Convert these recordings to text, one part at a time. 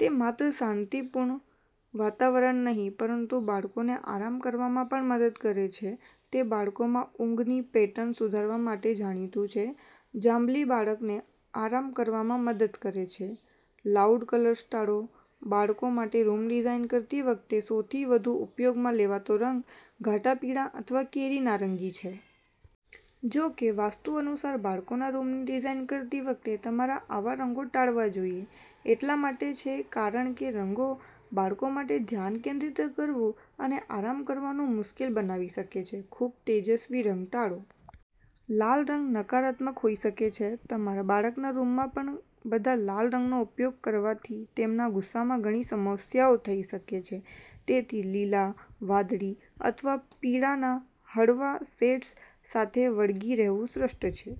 તે માત્ર શાંતિપૂર્ણ વાતાવરણ નહીં પરંતુ બાળકોને આરામ કરવામાં પણ મદદ કરે છે. તે બાળકોમાં ઊંઘની પેટર્ન સુધારવા માટે પણ જાણીતું છે. જાંબલી બાળકને આરામ કરવામાં મદદ કરે છે. લાઉડ કલર્સ ટાળો. બાળકો માટે રૂમ ડિઝાઇન કરતી વખતે સૌથી વધુ ઉપયોગમાં લેવાતા રંગો ઘાટા પીળા અથવા કેરી નારંગી છે. જો કે, વાસ્તુ અનુસાર બાળકોના રૂમની ડિઝાઇન કરતી વખતે તમારે આવા રંગો ટાળવા જોઈએ. એટલા માટે છે કારણ કે રંગો બાળકો માટે ધ્યાન કેન્દ્રિત કરવું અને આરામ કરવાનું મુશ્કેલ બનાવી શકે છે. ખૂબ તેજસ્વી રંગો ટાળો. લાલ રંગ નકારાત્મક હોઈ શકે છે. તમારા બાળકના રૂમમાં ઘણા બધા લાલ રંગનો ઉપયોગ કરવાથી તેમના ગુસ્સામાં ઘણી સમસ્યાઓ થઈ શકે છે. તેથી, લીલા, વાદળી અથવા પીળાના હળવા શેડ્સ સાથે વળગી રહેવું શ્રેષ્ઠ છે.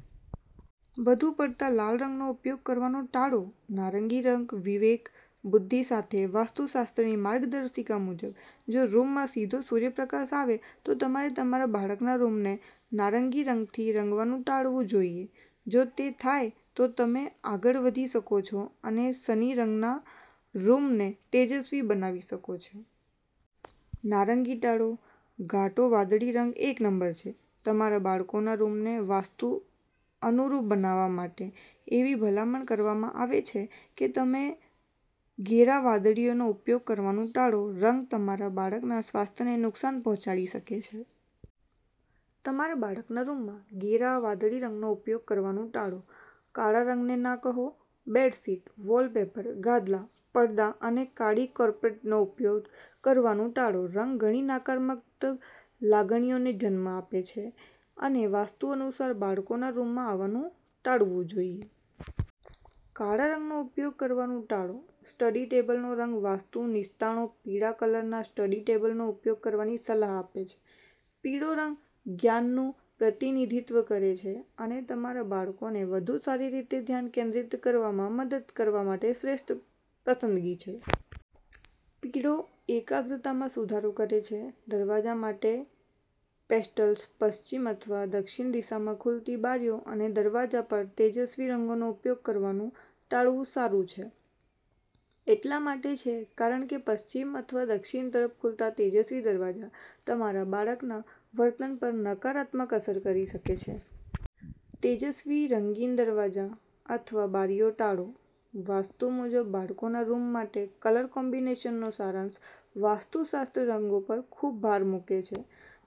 વધુ પડતા લાલ રંગનો ઉપયોગ કરવાનું ટાળો. નારંગી રંગ વિવેક, બુદ્ધિ સાથે વાસ્તુશાસ્ત્રની માર્ગદર્શિકા મુજબ, જો રૂમમાં સીધો સૂર્યપ્રકાશ આવે તો તમારે તમારા બાળકના રૂમને નારંગી રંગથી રંગવાનું ટાળવું જોઈએ. જો તે થાય, તો તમે આગળ વધી શકો છો અને સની રંગમાં રૂમને તેજસ્વી બનાવી શકો છો. નારંગી ટાળો. ઘાટો વાદળી રંગ એક નંબર છે તમારા બાળકોના રૂમને વાસ્તુ અનુરૂપ બનાવવા માટે. એવી ભલામણ કરવામાં આવે છે કે તમે ઘેરા વાદળીનો ઉપયોગ કરવાનું ટાળો. રંગ તમારા બાળકના સ્વાસ્થ્યને નુકસાન પહોંચાડી શકે છે. તમારા બાળકના રૂમમાં ઘેરા વાદળી રંગનો ઉપયોગ કરવાનું ટાળો. કાળા રંગને ના કહો. બેડશીટ, વોલપેપર, ગાદલા, પડદા અને કાળી કાર્પેટનો ઉપયોગ કરવાનું ટાળો. રંગ ઘણી નકારાત્મક લાગણીઓને જન્મ આપે છે અને વાસ્તુ અનુસાર બાળકોના રૂમમાં આવવાનું ટાળવું જોઈએ. કાળા રંગનો ઉપયોગ કરવાનું ટાળો. સ્ટડી ટેબલનો રંગ વાસ્તુ નિષ્ણાતો પીળા કલરના સ્ટડી ટેબલનો ઉપયોગ કરવાની સલાહ આપે છે. પીળો રંગ જ્ઞાનનું પ્રતિનિધિત્વ કરે છે અને તમારા બાળકોને વધુ સારી રીતે ધ્યાન કેન્દ્રિત કરવામાં મદદ કરવા માટે શ્રેષ્ઠ પસંદગી છે. પીળો એકાગ્રતામાં સુધારો કરે છે. દરવાજા માટે પેસ્ટલ્સ. પશ્ચિમ અથવા દક્ષિણ દિશામાં ખુલતી બારીઓ અને દરવાજા પર તેજસ્વી રંગોનો ઉપયોગ કરવાનું ટાળવું સારું છે. એટલા માટે છે કારણ કે પશ્ચિમ અથવા દક્ષિણ તરફ ખુલતા તેજસ્વી દરવાજા તમારા બાળકના વર્તન પર નકારાત્મક અસર કરી શકે છે. તેજસ્વી રંગીન દરવાજા અથવા બારીઓ ટાળો. વાસ્તુ મુજબ બાળકોના રૂમ માટે કલર કોમ્બિનેશનનો સારાંશ વાસ્તુશાસ્ત્ર રંગો પર ખૂબ ભાર મૂકે છે.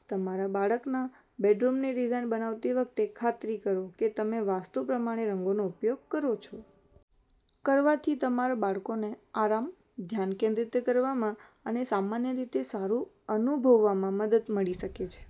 તમારા બાળકના બેડરૂમની ડિઝાઇન બનાવતી વખતે ખાતરી કરો કે તમે વાસ્તુ પ્રમાણે રંગોનો ઉપયોગ કરો છો. કરવાથી તમારા બાળકોને આરામ, ધ્યાન કેન્દ્રિત કરવામાં અને સામાન્ય રીતે સારું અનુભવવામાં મદદ મળી શકે છે.